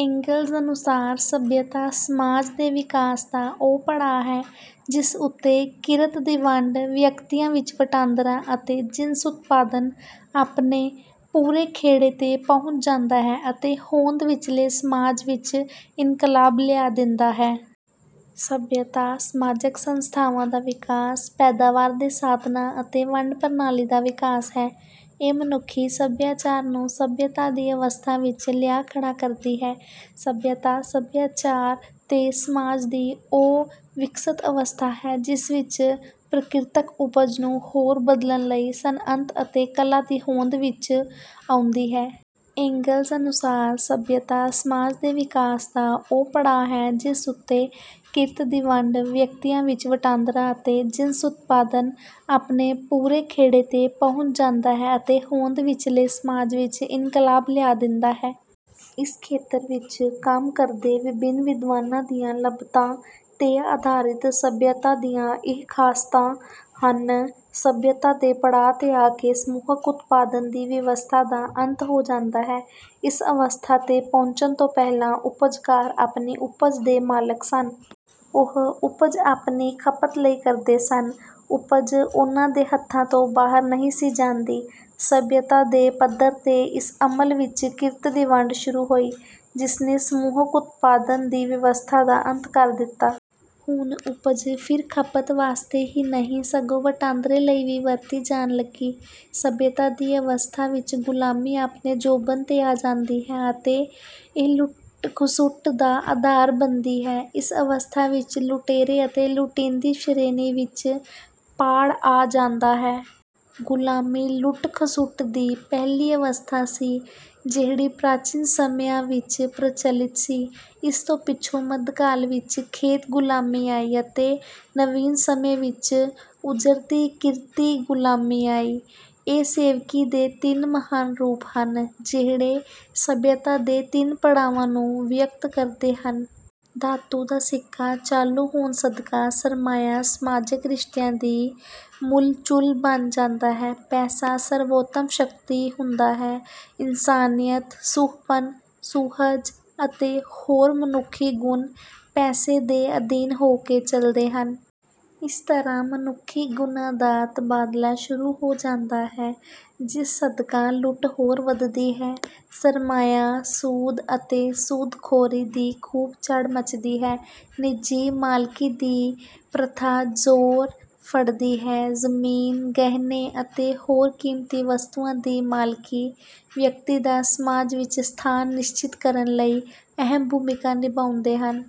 Engels ਅਨੁਸਾਰ: "ਸੱਭਿਅਤਾ ਸਮਾਜ ਦੇ ਵਿਕਾਸ ਦਾ ਉਹ ਪੜਾਅ ਹੈ, ਜਿਸ ਉੱਤੇ ਕਿਰਤ ਦੀ ਵੰਡ, ਵਿਅਕਤੀਆਂ ਵਿੱਚ ਵਟਾਂਦਰਾ ਅਤੇ ਜਿਣਸ ਉਤਪਾਦਨ ਆਪਣੇ ਪੂਰੇ ਖੇੜੇ ਤੇ ਪਹੁੰਚ ਜਾਂਦਾ ਹੈ ਅਤੇ ਹੋਂਦ ਵਿੱਚਲੇ ਸਮਾਜ ਵਿੱਚ ਇਨਕਲਾਬ ਲਿਆ ਦਿੰਦਾ ਹੈ।" ਸੱਭਿਅਤਾ ਸਮਾਜਕ ਸੰਸਥਾਵਾਂ ਦਾ ਵਿਕਾਸ, ਪੈਦਾਵਾਰ ਦੇ ਸਾਧਨਾਂ ਅਤੇ ਵੰਡ ਪ੍ਰਣਾਲੀ ਦਾ ਵਿਕਾਸ ਹੈ। ਇਹ ਮਨੁੱਖੀ ਸੱਭਿਆਚਾਰ ਨੂੰ ਸੱਭਿਅਤਾ ਦੀ ਅਵਸਥਾ ਵਿੱਚ ਲਿਆ ਖੜ੍ਹਾ ਕਰਦੀ ਹੈ। ਸੱਭਿਅਤਾ, ਸੱਭਿਆਚਾਰ ਤੇ ਸਮਾਜ ਦੀ ਉਹ ਵਿਕਸਤ ਅਵਸਥਾ ਹੈ ਜਿਸ ਵਿੱਚ ਪ੍ਰਕਿਰਤਕ ਉਪਜ ਨੂੰ ਹੋਰ ਬਦਲਣ ਲਈ ਸਨਅਤ ਅਤੇ ਕਲਾ ਦੀ ਹੋਂਦ ਵਿੱਚ ਆਉਂਦੀ ਹੈ। ਏਂਗਲਜ਼ ਅਨੁਸਾਰ ਸੱਭਿਅਤਾ ਸਮਾਜ ਦੇ ਵਿਕਾਸ ਦਾ ਉਹ ਪੜਾਅ ਹੈ, ਜਿਸ ਉੱਤੇ ਕਿਰਤ ਦੀ ਵੰਡ, ਵਿਅਕਤੀਆਂ ਵਿੱਚ ਵਟਾਂਦਰਾ ਅਤੇ ਜਿਣਸ ਉਤਪਾਦਨ ਆਪਣੇ ਪੂਰੇ ਖੇੜੇ ਤੇ ਪਹੁੰਚ ਜਾਂਦਾ ਹੈ ਅਤੇ ਹੋਂਦ ਵਿੱਚਲੇ ਸਮਾਜ ਵਿੱਚ ਇਨਕਲਾਬ ਲਿਆ ਦਿੰਦਾ ਹੈ। ਇਸ ਖੇਤਰ ਵਿੱਚ ਕੰਮ ਕਰਦੇ ਵਿਭਿੰਨ ਵਿਦਵਾਨਾਂ ਦੀਆਂ ਲੱਭਤਾਂ ਤੇ ਆਧਾਰਿਤ ਸੱਭਿਅਤਾ ਦੀਆਂ ਇਹ ਖਾਸਤਾਂ ਹਨ। ਸੱਭਿਅਤਾ ਦੇ ਪੜਾਅ ਤੇ ਆ ਕੇ ਸਮੂਹਕ ਉਤਪਾਦਨ ਦੀ ਵਿਵਸਥਾ ਦਾ ਅੰਤ ਹੋ ਜਾਂਦਾ ਹੈ। ਇਸ ਅਵਸਥਾ ਤੇ ਪਹੁੰਚਣ ਤੋਂ ਪਹਿਲਾਂ ਉਪਜਕਾਰ ਆਪਣੀ ਉਪਜ ਦੇ ਮਾਲਕ ਸਨ। ਉਹ ਉਪਜ ਆਪਣੀ ਖਪਤ ਲਈ ਕਰਦੇ ਸਨ। ਉਪਜ ਉਨ੍ਹਾਂ ਦੇ ਹੱਥਾਂ ਤੋਂ ਬਾਹਰ ਨਹੀਂ ਸੀ ਜਾਂਦੀ। ਸੱਭਿਅਤਾ ਦੇ ਪੱਧਰ ਤੇ ਇਸ ਅਮਲ ਵਿੱਚ ਕਿਰਤ ਦੀ ਵੰਡ ਸ਼ੁਰੂ ਹੋਈ, ਜਿਸਨੇ ਸਮੂਹਕ ਉਤਪਾਦਨ ਦੀ ਵਿਵਸਥਾ ਦਾ ਅੰਤ ਕਰ ਦਿੱਤਾ। ਹੁਣ ਉਪਜ ਫਿਰ ਖਪਤ ਵਾਸਤੇ ਹੀ ਨਹੀਂ, ਸਗੋਂ ਵਟਾਂਦਰੇ ਲਈ ਵੀ ਵਰਤੀ ਜਾਣ ਲੱਗੀ। ਸੱਭਿਅਤਾ ਦੀ ਅਵਸਥਾ ਵਿੱਚ ਗੁਲਾਮੀ ਆਪਣੇ ਜੋਬਨ ਤੇ ਆ ਜਾਂਦੀ ਹੈ ਅਤੇ ਇਹ ਲੁੱਟ-ਖਸੁੱਟ ਦਾ ਅਧਾਰ ਬਣਦੀ ਹੈ। ਇਸ ਅਵਸਥਾ ਵਿੱਚ ਲੁਟੇਰੀ ਅਤੇ ਲੁਟੀਂਦੀ ਸ਼੍ਰੇਣੀ ਵਿੱਚ ਪਾੜ ਆ ਜਾਂਦਾ ਹੈ। ਗੁਲਾਮੀ ਲੁੱਟ-ਖਸੁੱਟ ਦੀ ਪਹਿਲੀ ਅਵਸਥਾ ਸੀ, ਜਿਹੜੀ ਪ੍ਰਾਚੀਨ ਸਮਿਆਂ ਵਿੱਚ ਪ੍ਰਚਲਿਤ ਸੀ। ਇਸ ਤੋਂ ਪਿੱਛੋਂ ਮੱਧਕਾਲ ਵਿੱਚ ਖੇਤ-ਗੁਲਾਮੀ ਆਈ ਅਤੇ ਨਵੀਨ ਸਮੇਂ ਵਿੱਚ ਉਜਰਤੀ ਕਿਰਤੀ ਗੁਲਾਮੀ ਆਈ। ਇਹ ਸੇਵਕੀ ਦੇ ਤਿੰਨ ਮਹਾਨ ਰੂਪ ਹਨ, ਜਿਹੜੇ ਸੱਭਿਅਤਾ ਦੇ ਤਿੰਨ ਪੜਾਵਾਂ ਨੂੰ ਵਿਅਕਤ ਕਰਦੇ ਹਨ। ਧਾਤੂ ਦਾ ਸਿੱਕਾ ਚਾਲੂ ਹੋਣ ਸਦਕਾ ਸਰਮਾਇਆ ਸਮਾਜਕ ਰਿਸ਼ਤਿਆਂ ਦੀ ਮੂਲ ਚੂਲ ਬਣ ਜਾਂਦਾ ਹੈ। ਪੈਸਾ ਸਰਵੋਤਮ ਸ਼ਕਤੀ ਹੁੰਦਾ ਹੈ। ਇਨਸਾਨੀਅਤ, ਸੁਹੱਪਣ, ਸੁਹਜ ਅਤੇ ਹੋਰ ਮਨੁੱਖੀ ਗੁਣ ਪੈਸੇ ਦੇ ਅਧੀਨ ਹੋ ਕੇ ਚਲਦੇ ਹਨ। ਇਸ ਤਰ੍ਹਾਂ ਮਨੁੱਖੀ ਗੁਣਾਂ ਦਾ ਤਬਾਦਲਾ ਸ਼ੁਰੂ ਹੋ ਜਾਂਦਾ ਹੈ, ਜਿਸ ਸਦਕਾ ਲੁੱਟ ਹੋਰ ਵਧਦੀ ਹੈ। ਸਰਮਾਇਆ, ਸੂਦ ਅਤੇ ਸੂਦ-ਖੋਰੀ ਦੀ ਖੂਬ ਚੜ੍ਹ ਮੱਚਦੀ ਹੈ। ਨਿੱਜੀ ਮਾਲਕੀ ਦੀ ਪ੍ਰਥਾ ਜ਼ੋਰ ਫੜਦੀ ਹੈ। ਜ਼ਮੀਨ, ਗਹਿਣੇ ਅਤੇ ਹੋਰ ਕੀਮਤੀ ਵਸਤੂਆਂ ਦੀ ਮਾਲਕੀ ਵਿਅਕਤੀ ਦਾ ਸਮਾਜ ਵਿੱਚ ਸਥਾਨ ਨਿਸ਼ਚਿਤ ਕਰਨ ਲਈ ਅਹਿਮ ਭੂਮਿਕਾ ਨਿਭਾਉਂਦੇ ਹਨ।